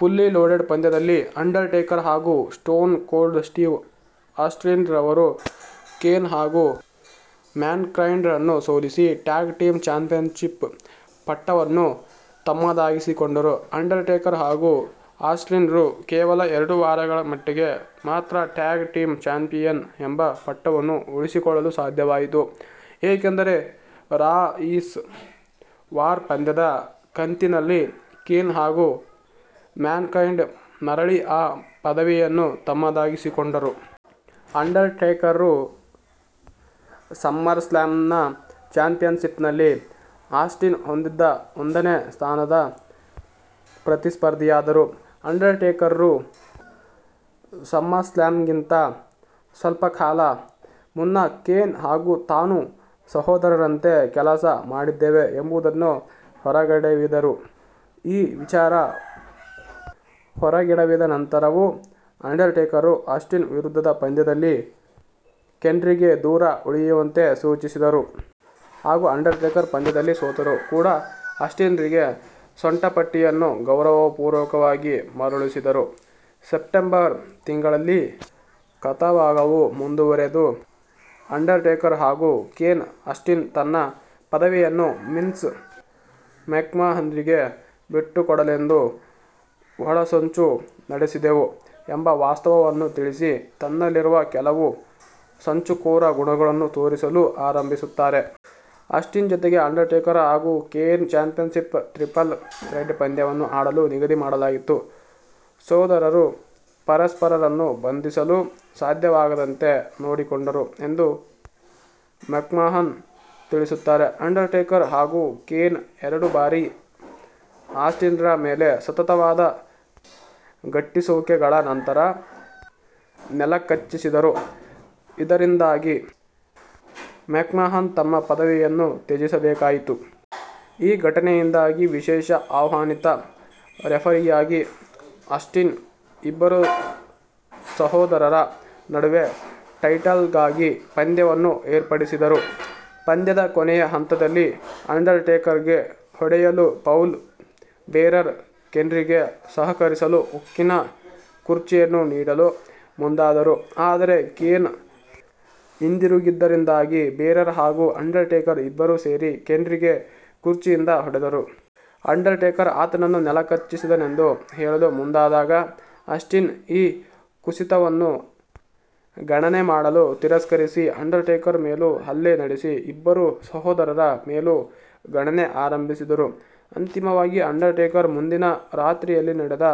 Fully loaded ಪಂದ್ಯದಲ್ಲಿ, Undertaker ಹಾಗೂ Stone Cold Steve ಆಸ್ಟಿನ್ರವರು, ಕೇನ್ ಹಾಗೂ ಮ್ಯಾನ್ಕೈಂಡ್ರನ್ನು ಸೋಲಿಸಿ ಟ್ಯಾಗ್ ಟೀಮ್ ಚಾಂಪಿಯನ್ಷಿಪ್ ಪಟ್ಟವನ್ನು ತಮ್ಮದಾಗಿಸಿಕೊಂಡರು. ಅಂಡರ್ಟೇಕರ್ ಹಾಗೂ ಆಸ್ಟಿನ್ರು ಕೇವಲ ಎರಡು ವಾರಗಳ ಮಟ್ಟಿಗೆ ಮಾತ್ರ ಟ್ಯಾಗ್ ಟೀಮ್ ಚಾಂಪಿಯನ್ ಎಂಬ ಪಟ್ಟವನ್ನು ಉಳಿಸಿಕೊಳ್ಳಲು ಸಾಧ್ಯವಾಯಿತು, ಏಕೆಂದರೆ ರಾ ಈಸ್ ವಾರ್ ಪಂದ್ಯದ ಕಂತಿನಲ್ಲಿ ಕೇನ್ ಹಾಗೂ ಮ್ಯಾನ್ಕೈಂಡ್ ಮರಳಿ ಆ ಪದವಿಯನ್ನು ತಮ್ಮದಾಗಿಸಿಕೊಂಡರು. ಅಂಡರ್ಟೇಕರ್ರು ಸಮ್ಮರ್ಸ್ಲ್ಯಾಮ್ನ ಚಾಂಪಿಯನ್ಷಿಪ್ನಲ್ಲಿ, ಆಸ್ಟಿನ್ ಹೊಂದಿದ್ದ ಒಂದನೇ ಸ್ಥಾನದ ಪ್ರತಿಸ್ಪರ್ಧಿಯಾದರು. ಅಂಡರ್ಟೇಕರ್ರು ಸಮ್ಮರ್ಸ್ಲ್ಯಾಮ್ಗಿಂತ ಸ್ವಲ್ಪ ಕಾಲ ಮುನ್ನ, ಕೇನ್ ಹಾಗೂ ತಾನು ಸಹೋದರರಂತೆ ಕೆಲಸ ಮಾಡಿದ್ದೇವೆ ಎಂಬುದನ್ನು ಹೊರಗೆಡವಿದರು. ಈ ವಿಚಾರ ಹೊರಗೆಡವಿದ ನಂತರವೂ, ಅಂಡರ್ಟೇಕರ್ ಆಸ್ಟಿನ್ ವಿರುದ್ಧದ ಪಂದ್ಯದಲ್ಲಿ ಕೇನ್ರಿಗೆ ದೂರ ಉಳಿಯುವಂತೆ ಸೂಚಿಸಿದರು. ಹಾಗೂ ಅಂಡರ್ಟೇಕರ್ ಪಂದ್ಯದಲ್ಲಿ ಸೋತರೂ ಕೂಡ ಆಸ್ಟಿನ್ರಿಗೆ ಸೊಂಟಪಟ್ಟಿಯನ್ನು ಗೌರವಪೂರ್ವಕವಾಗಿ ಮರಳಿಸಿದರು. ಸೆಪ್ಟೆಂಬರ್ ತಿಂಗಳಲ್ಲಿ, ಕಥಾಭಾಗವು ಮುಂದುವರೆದು, ಅಂಡರ್ಟೇಕರ್ ಹಾಗೂ ಕೇನ್, ಆಸ್ಟಿನ್ ತನ್ನ ಪದವಿಯನ್ನು ವಿನ್ಸ್ ಮೆಕ್ಮಹನ್ರಿಗೆ ಬಿಟ್ಟುಕೊಡಲೆಂದು, ಒಳಸಂಚು ನಡೆಸಿದೆವು ಎಂಬ ವಾಸ್ತವವನ್ನು ತಿಳಿಸಿ ತನ್ನಲ್ಲಿರುವ ಕೆಲವು ಸಂಚುಕೋರ ಗುಣಗಳನ್ನು ತೋರಿಸಲು ಆರಂಭಿಸುತ್ತಾರೆ. ಆಸ್ಟಿನ್ ಜೊತೆಗೆ ಅಂಡರ್ಟೇಕರ್ ಹಾಗೂ ಕೇನ್ ಚಾಂಪಿಯನ್ಷಿಪ್ನ ಟ್ರಿಪಲ್ ಥ್ರೆಟ್ ಪಂದ್ಯವನ್ನು ಆಡಲು ನಿಗದಿಮಾಡಲಾಗಿತ್ತು. ಸೋದರರು ಪರಸ್ಪರರನ್ನು ಬಂಧಿಸಲು ಸಾಧ್ಯವಾಗದಂತೆ ನೋಡಿಕೊಂಡರು ಎಂದು ಮೆಕ್ಮಹನ್ ತಿಳಿಸುತ್ತಾರೆ. ಅಂಡರ್ಟೇಕರ್ ಹಾಗೂ ಕೇನ್ ಎರಡು ಬಾರಿ ಆಸ್ಟಿನ್ರ ಮೇಲೆ ಸತತವಾದ ಘಟ್ಟಿಸುವಿಕೆ ಗಳ ನಂತರ ನೆಲಕಚ್ಚಿಸಿದರು, ಇದರಿಂದಾಗಿ ಮೆಕ್ಮಹನ್ ತಮ್ಮ ಪದವಿಯನ್ನು ತ್ಯಜಿಸಬೇಕಾಯಿತು. ಈ ಘಟನೆಯಿಂದಾಗಿ ವಿಶೇಷ ಆಹ್ವಾನಿತ ರೆಫರಿಯಾಗಿ ಆಸ್ಟಿನ್, ಇಬ್ಬರು ಸಹೋದರರ ನಡುವೆ ಟೈಟಲ್ಗಾಗಿ ಪಂದ್ಯವನ್ನು ಏರ್ಪಡಿಸಿದರು. ಪಂದ್ಯದ ಕೊನೆಯ ಹಂತದಲ್ಲಿ, ಅಂಡರ್ಟೇಕರ್ಗೆ ಹೊಡೆಯಲು ಪೌಲ್ ಬೇರರ್ ಕೇನ್ರಿಗೆ ಸಹಕರಿಸಲು ಉಕ್ಕಿನ ಕುರ್ಚಿಯನ್ನು ನೀಡಲು ಮುಂದಾದರು. ಆದರೆ ಕೇನ್ ಹಿಂದಿರುಗಿದ್ದರಿಂದಾಗಿ, ಬೇರರ್ ಹಾಗೂ ಅಂಡರ್ಟೇಕರ್ ಇಬ್ಬರೂ ಸೇರಿ ಕೇನ್ರಿಗೆ ಕುರ್ಚಿಯಿಂದ ಹೊಡೆದರು. ಅಂಡರ್ಟೇಕರ್ ಆತನನ್ನು ನೆಲಕಚ್ಚಿಸಿದೆನೆಂದು ಹೇಳಲು ಮುಂದಾದಾಗ, ಆಸ್ಟಿನ್ ಈ ಕುಸಿತವನ್ನು ಗಣನೆಮಾಡಲು ತಿರಸ್ಕರಿಸಿ ಅಂಡರ್ಟೇಕರ್ ಮೇಲೂ ಹಲ್ಲೆ ನಡೆಸಿ ಇಬ್ಬರು ಸಹೋದರರ ಮೇಲೂ ಗಣನೆ ಆರಂಭಿಸಿದರು. ಅಂತಿಮವಾಗಿ, ಅಂಡರ್ಟೇಕರ್ ಮುಂದಿನ ರಾತ್ರಿಯಲ್ಲಿ ನಡೆದ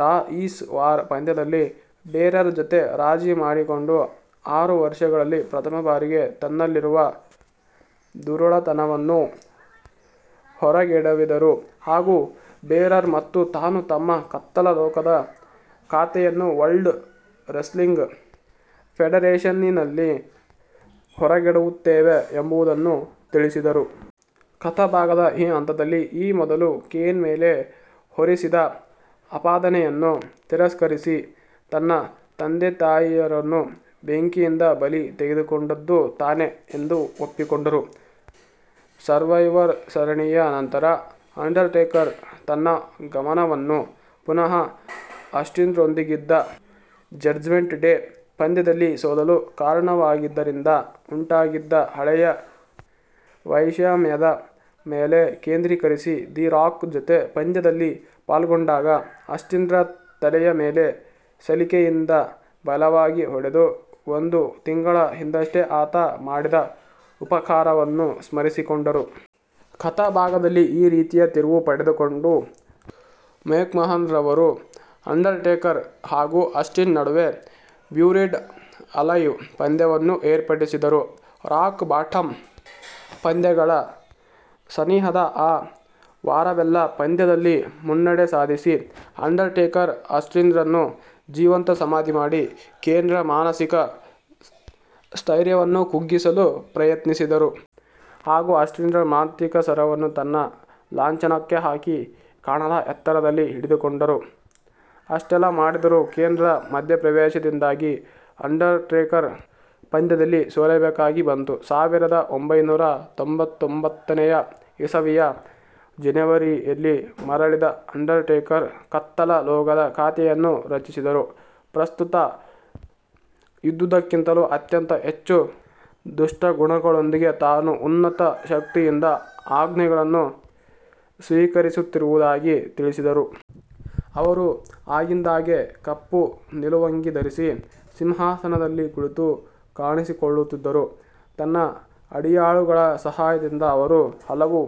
ರಾ ಈಸ್ ವಾರ್ ಪಂದ್ಯದಲ್ಲಿ ಬೇರರ್ ಜೊತೆ ರಾಜಿ ಮಾಡಿಕೊಂಡ ಆರು ವರ್ಷಗಳಲ್ಲಿ ಪ್ರಥಮ ಬಾರಿಗೆ ತನ್ನಲ್ಲಿರುವ ದುರುಳತನವನ್ನು ಹೊರಗೆಡವಿದರು, ಹಾಗೂ ಬೇರರ್ ಮತ್ತು ತಾನು ತಮ್ಮ ಕತ್ತಲ ಲೋಕದ ಖಾತೆಯನ್ನು ವರ್ಲ್ಡ್ ರೆಸ್ಲಿಂಗ್ ಫೆಡರೇಶನ್ನಿನಲ್ಲಿ ಹೊರಗೆಡವುತ್ತೇವೆ ಎಂಬುದನ್ನು ತಿಳಿಸಿದರು. ಕಥಾಭಾಗದ ಈ ಹಂತದಲ್ಲಿ, ಈ ಮೊದಲು ಕೇನ್ ಮೇಲೆ ಹೊರಿಸಿದ ಆಪಾದನೆಯನ್ನು ತಿರಸ್ಕರಿಸಿ, ತನ್ನ ತಂದೆತಾಯಿಯರನ್ನು ಬೆಂಕಿಯಿಂದ ಬಲಿ ತೆಗೆದುಕೊಂಡದ್ದು ತಾನೆ ಎಂದು ಒಪ್ಪಿಕೊಂಡರು. ಸರ್ವೈವರ್ ಸರಣಿಯ ನಂತರ, ಅಂಡರ್ಟೇಕರ್ ತನ್ನ ಗಮನವನ್ನು ಪುನಃ ಆಸ್ಟಿನ್ರೊಂದಿಗಿದ್ದ ಜಡ್ಜ್ಮೆಂಟ್ ಡೇ ಪಂದ್ಯದಲ್ಲಿ ಸೋಲಲು ಕಾರಣವಾಗಿದ್ದರಿಂದ ಉಂಟಾಗಿದ್ದ ಹಳೆಯ ವೈಷಮ್ಯದ ಮೇಲೆ ಕೇಂದ್ರೀಕರಿಸಿ, ದಿ ರಾಕ್ ಜೊತೆ ಪಂದ್ಯದಲ್ಲಿ ಪಾಲ್ಗೊಂಡಾಗ ಆಸ್ಟಿನ್ರ ತಲೆಯ ಮೇಲೆ ಸಲಿಕೆಯಿಂದ ಬಲವಾಗಿ ಹೊಡೆದು ಒಂದು ತಿಂಗಳ ಹಿಂದಷ್ಟೇ ಆತ ಮಾಡಿದ ಉಪಕಾರವನ್ನು ಸ್ಮರಿಸಿಕೊಂಡರು. ಕಥಾಭಾಗದಲ್ಲಿ ಈ ರೀತಿಯ ತಿರುವು ಪಡೆದುಕೊಂಡು, ಮೆಕ್ಮಹನ್ರವರು ಅಂಡರ್ಟೇಕರ್ ಹಾಗೂ ಆಸ್ಟಿನ್ ನಡುವೆ ಬ್ಯುರೀಡ್ ಅಲೈವ್ ಪಂದ್ಯವನ್ನು ಏರ್ಪಡಿಸಿದರು. ರಾಕ್ ಬಾಟಮ್ ಪಂದ್ಯಗಳ ಸನಿಹದ ಆ ವಾರವೆಲ್ಲಾ ಪಂದ್ಯದಲ್ಲಿ ಮುನ್ನಡೆ ಸಾಧಿಸಿ, ಅಂಡರ್ಟೇಕರ್ ಆಸ್ಟಿನ್ರನ್ನು ಜೀವಂತ ಸಮಾಧಿ ಮಾಡಿ, ಕೇನ್ರ ಮಾನಸಿಕ ಸ್ಥೈರ್ಯವನ್ನು ಕುಗ್ಗಿಸಲು ಪ್ರಯತ್ನಿಸಿದರು. ಹಾಗೂ ಆಸ್ಟಿನ್ರ ಮಾಂತ್ರಿಕ ಸರವನ್ನು ತನ್ನ ಲಾಂಛನಕ್ಕೆ ಹಾಕಿ ಕಣದ ಎತ್ತರದಲ್ಲಿ ಹಿಡಿದುಕೊಂಡರು. ಅಷ್ಟೆಲ್ಲಾ ಮಾಡಿದರೂ ಕೇನ್ರ ಮಧ್ಯಪ್ರವೇಶದಿಂದಾಗಿ ಅಂಡರ್ಟೇಕರ್ ಪಂದ್ಯದಲ್ಲಿ ಸೋಲಬೇಕಾಗಿ ಬಂತು. ಸಾವಿರದ ಒಂಭೈನೂರ ತೊಂಭತ್ತೊಂಭತ್ತನೇ ಇಸವಿಯ ಜನವರಿಯಲ್ಲಿ ಮರಳಿದ ಅಂಡರ್ಟೇಕರ್, ಕತ್ತಲ ಲೋಕದ ಖಾತೆಯನ್ನು ರಚಿಸಿದರು. ಪ್ರಸ್ತುತ ಇದ್ದುದಕ್ಕಿಂತಲೂ ಅತ್ಯಂತ ಹೆಚ್ಚು ದುಷ್ಟಗುಣಗಳೊಂದಿಗೆ ತಾನು "ಉನ್ನತ ಶಕ್ತಿ"ಯಿಂದ ಆಜ್ಞೆಗಳನ್ನು ಸ್ವೀಕರಿಸುತ್ತಿರುವುದಾಗಿ ತಿಳಿಸಿದರು. ಅವರು ಆಗಿಂದಾಗೆ ಕಪ್ಪು ನಿಲುವಂಗಿ ಧರಿಸಿ ಸಿಂಹಾಸನದಲ್ಲಿ ಕುಳಿತು ಕಾಣಿಸಿಕೊಳ್ಳುತ್ತಿದ್ದರು. ತನ್ನ ಅಡಿಯಾಳುಗಳ ಸಹಾಯದಿಂದ ಅವರು ಹಲವು